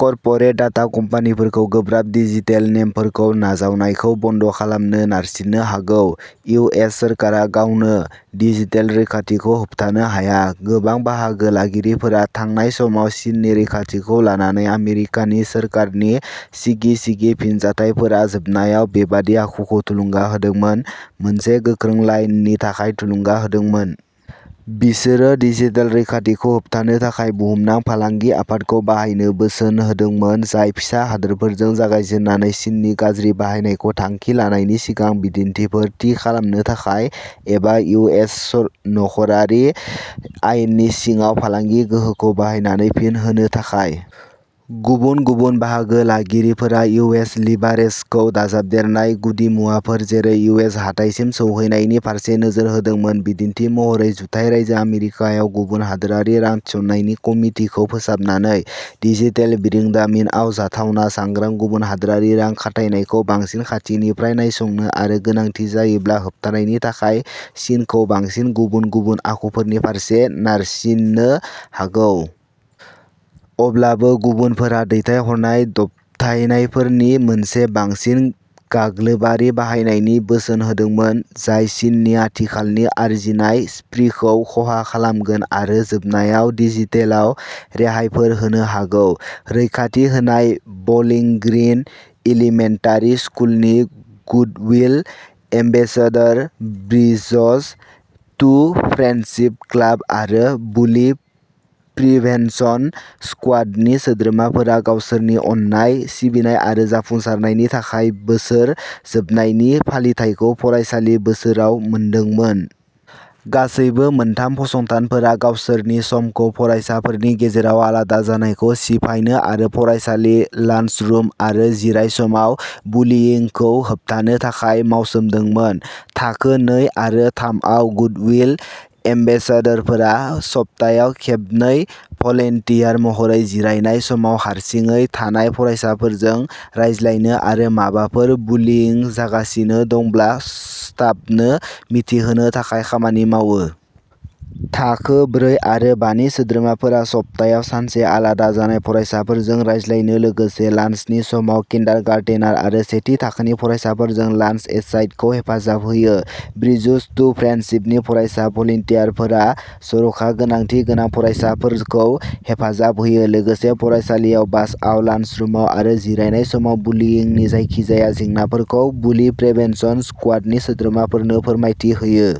Corporate data कम्पानिफोरखौ गोब्राब digital नेमफोरखौ नाजावनायखौ बन्द' खालामनो नारसिननो हागौ। इउ. एस. सोरखारा गावनो डिजिटेल रैखाथिखौ होबथानो हाया। गोबां बाहागो लागिरिफोरा, थांनाय समाव चीननि रैखाथिखौ लानानै आमेरिकानि सोरखारनि सिगि सिगि फिनजाथायफोरा जोबनायाव बेबादि आखुखौ थुलुंगा होदोंमोन, मोनसे गोख्रों लाइननि थाखाय थुलुंगा होदोंमोन। बिसोरो डिजिटेल रैखाथिखौ होबथानो थाखाय बुहुमनां फालांगि आफादखौ बाहायनो बोसोन होदोंमोन, जाय फिसा हादोरफोरजों जागायजेन्नानै चीननि गाज्रि बाहायनायखौ थांखि लानायनि सिगां बिदिन्थिफोर थि खालामनो थाखाय, एबा इउ. एस. स' नखरारि आयेननि सिङाव फालांगि गोहोखौ बाहायनानै फिन होनो थाखाय। गुबुन बाहागो लागिरिफोरा इउ. एस. लिभारेजखौ दाजाबदेरनाय गुदिमुवाफोर, जेरै इउ. एस. हाथाइसिम सौहैनायनि फारसे नोजोर होदोंमोन। बिदिन्थि महरै, जुथाइ रायजो आमेरिकायाव गुबुन हादोरारि रां थिसननायनि कमितिखौ फोसाबनानै, डिजिटेल बिरोंदामिनआव जाथावना सांग्रां गुबुन हादोरारि रां खाथायनायखौ बांसिन खाथिनिफ्राय नायसंनो आरो गोनांथि जायोब्ला, होबथानायनि थाखाय, चीनखौ बांसिन गुबुन गुबुन आखुफोरनि फारसे नारसिन्नो हागौ। अब्लाबो गुबुनफोरा दैथायहरनाय दबथायनायफोरनि मोनसे बांसिन गाग्लोबारि बाहायनायनि बोसोन होदोंमोन, जाय चीननि आथिखालनि आरजिनाय स्प्रीखौ खहा खालामगोन आरो जोबनायाव डिजिटेलाव रेहायफोर होनो हागौ। रैखाथि होनाय बलिं ग्रिन इलिमेन्टारि स्कुलनि goodwill ambassador, bridges to friendship club आरो बुलि प्रिभेन्सन स्क्वाडनि सोद्रोमाफोरा गावसोरनि अननाय, सिबिनाय आरो जाफुंसारनायनि थाखाय बोसोर जोबनायनि फालिथाइखौ फरायसालि बोसोराव मोनदोंमोन। गासैबो मोनथाम फसंथानफोरा गावसोरनि समखौ फरायसाफोरनि गेजेराव आलादा जानायखौ सिफायनो आरो फरायसालि, लान्सरुम आरो जिराय समाव बुलिंखौ होबथानो थाखाय मावसोमदोंमोन। थाखो नै आरो थामआव गुडविल एम्बेसेडरफोरा सप्तायाव खेबनै भलन्टियार महरै जिरायनाय समाव हारसिङै थानाय फरायसाफोरजों रायज्लायनो आरो माबाफोर बुलिं जागासिनो दंब्ला स्टाफनो मिथिहोनो थाखाय खामानि मावो। थाखो ब्रै आरो बा नि सोद्रोमाफोरा सप्तायाव सानसे आलादा जानाय फरायसाफोरजों रायज्लायनो लोगोसे लान्सनि समाव किन्डारगार्टेनार आरो सेथि थाखोनि फरायसाफोरजों लान्स एसाइड्सखौ हेफाजाब होयो। ब्रिजस टु फ्रेन्डशिपनि फरायसा भलन्टियारफोरा जर'खा गोनांथि गोनां फरायसाफोरखौ हेफाजाब होयो, लोगोसे फरायसालियाव, बासआव, लान्सरुमाव आरो जिरायनाय समाव बुलिंनि जायखिजाया जेंनाफोरखौ बुलि प्रिभेन्सन स्क्वाडनि सोद्रोमाफोरनो फोरमायथि होयो।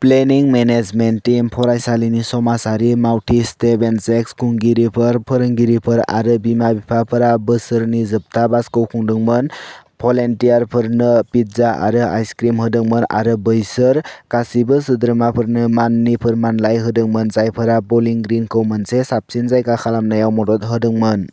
प्लेनिं मेनेजमेन्ट टीम, फरायसालिनि समाजारि मावथि स्टेभेन सेक्स, खुंगिरिफोर, फोरोंगिरिफोर आरो बिमा बिफाफोरा बोसोरनि जोबथा बाशखौ खुंदोंमोन, भलान्टियारफोरनो पिज्जा आरो आइसक्रिम होदोंमोन आरो बैसोर गासिबो सोद्रोमाफोरनो माननि फोरमानलाइ होदोंमोन, जायफोरा बलिं ग्रिनखौ मोनसे साबसिन जायगा खालामनायाव मदद होदोंमोन।